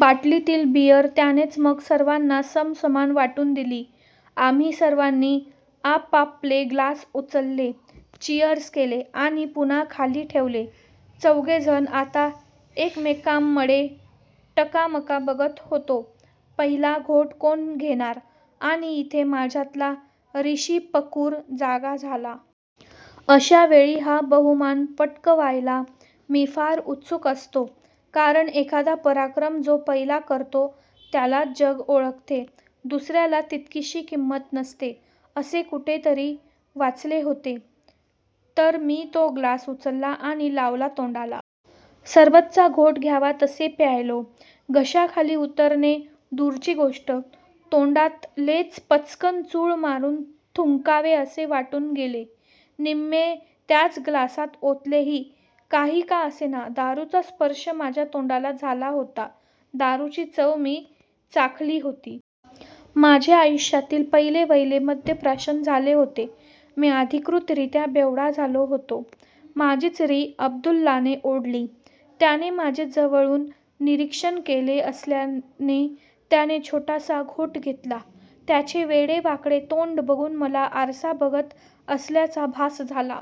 बाटलीतील beer त्यानेच मग सर्वांना समसमान वाटून दिली. आम्ही सर्वांनी आपापले ग्लास उचलले. चीअर्स केले. आणि पुन्हा खाली ठेवले. चौघे जण आता एकमेकांमडे टकामका बघत होतो. पहिला घोट कोण घेणार? आणि ईथे माझ्यातला 'रिशी पकूर' जागा झाला. अश्यावेळी हा बहुमान पटकवायला मी फार उत्सुक असतो. कारण एखादा पराक्रम जो पहिला करतो त्यालाच जग ओळखते, दुसर्याला तितकीशी किंमत नसते. असे कुठेतरी वाचले होते. तर मी तो ग्लास उचलला आणि लावला तोंडाला. सरबताचा घोट घ्यावा तसे प्यायलो. घशाखाली उतरणे दूरची गोष्ट, तोंडातलेच पचकन चूळ मारून थुंकावे असे वाटून गेले. निम्मे त्याच ग्लासात ओतलेही. काही का असेना! दारूचा स्पर्श माझ्या तोंडाला झाला होता. दारूची चव मी चाखली होती. माझे आयुष्यातील पहिलेवहिले मद्यप्राशन झाले होते. मी अधिकृतरीत्या 'बेवडा' झालो होतो! माझीच री अब्दुल्लाने ओढली. त्याने माझे जवळून निरीक्षण केले असल्याने त्याने छोटासाच घोट घेतला. त्याचे वेडेवाकडे तोंड बघून मला आरसा बघत असल्याचा भास झाला.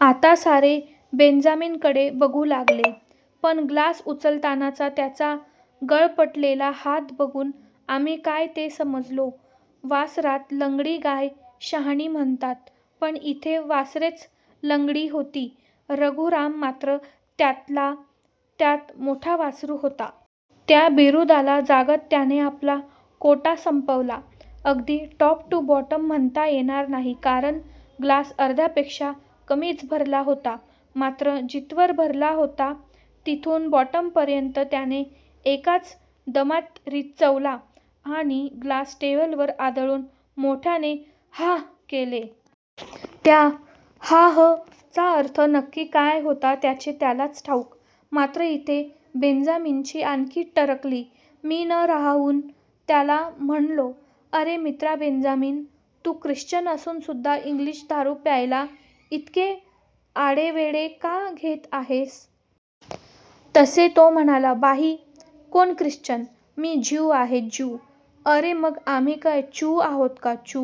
आता सारे बेंजामीनकडे बघू लागले. पण ग्लास उचलतानाचा त्याचा गळपटलेला हात बघून आम्ही काय ते समजलो. वासरात लंगडी गाय शहाणी म्हणतात, पण ईथे वासरेच लंगडी होती. रघुराम मात्र त्यातल्या त्यात मोठा वासरू होता. त्या बिरुदाला जागत त्याने आपला कोटा संपवला. अगदी टॉप टू बॉटम म्हणता येणार नाही, कारण ग्लास अर्ध्यापेक्षा कमीच भरला होता. मात्र जिथवर भरला होता तिथून बॉटमपर्यंत त्याने एकाच दमात रिचवला. आणि ग्लास टेबलवर आदळून मोठ्याने "हांह" केले. त्या 'हांह' चा अर्थ नक्की काय होता त्याचे त्यालाच ठाऊक, मात्र ईथे बेंजामीनची आणखी टरकली. मी न राहवून त्याला म्हणालो, "अरे मित्रा बेंजामीन, तू ख्रिश्चन असून सुद्धा इंग्लिश दारू प्यायला ईतके आढेवेढे का घेत आहेस? "तसे तो म्हणाला, "भाई कोण ख्रिश्चन? मी ज्यू आहे ज्यू.. ""अरे मग आम्ही काय चु आहोत का चु?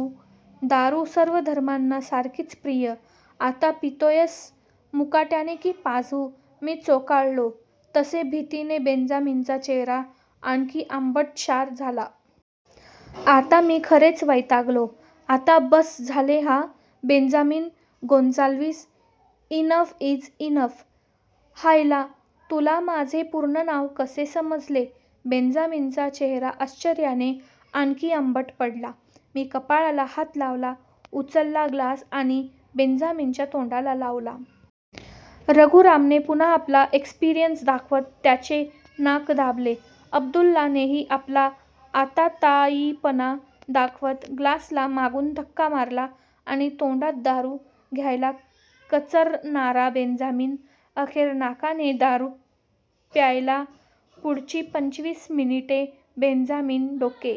दारू सर्व धर्मांना सारखीच प्रिय! आता पितोयस मुकाट्याने की पाजू? " मी चेकाळलो. तसे भितीने बेंजामीनचा चेहरा आणखी आंबटशार झाला. आता मी खरेच वैतागलो, "आता बस्स झाले हा Benjamin Gonsalves.. enough is enough! ""हायला!, तुला माझे पुर्ण नाव कसे समजले? " बेंजामीनचा चेहरा आश्चर्याने आणखी आंबट पडला. मी कपाळाला हात लावला. उचलला ग्लास आणि बेंजामीनच्या तोंडाला लावला. रघुरामने पुन्हा आपला एक्सपिरंन्स दाखवत त्याचे नाक दाबले. अब्दुल्लानेही आपला आतातायीपणा दाखवत ग्लासला मागून धक्का मारला. आणि तोंडात दारू घ्यायला कचरणारा बेंजामीन, अखेर नाकाने दारू प्यायलापुढची पंचवीस मिनिटे बेंजामीन डोके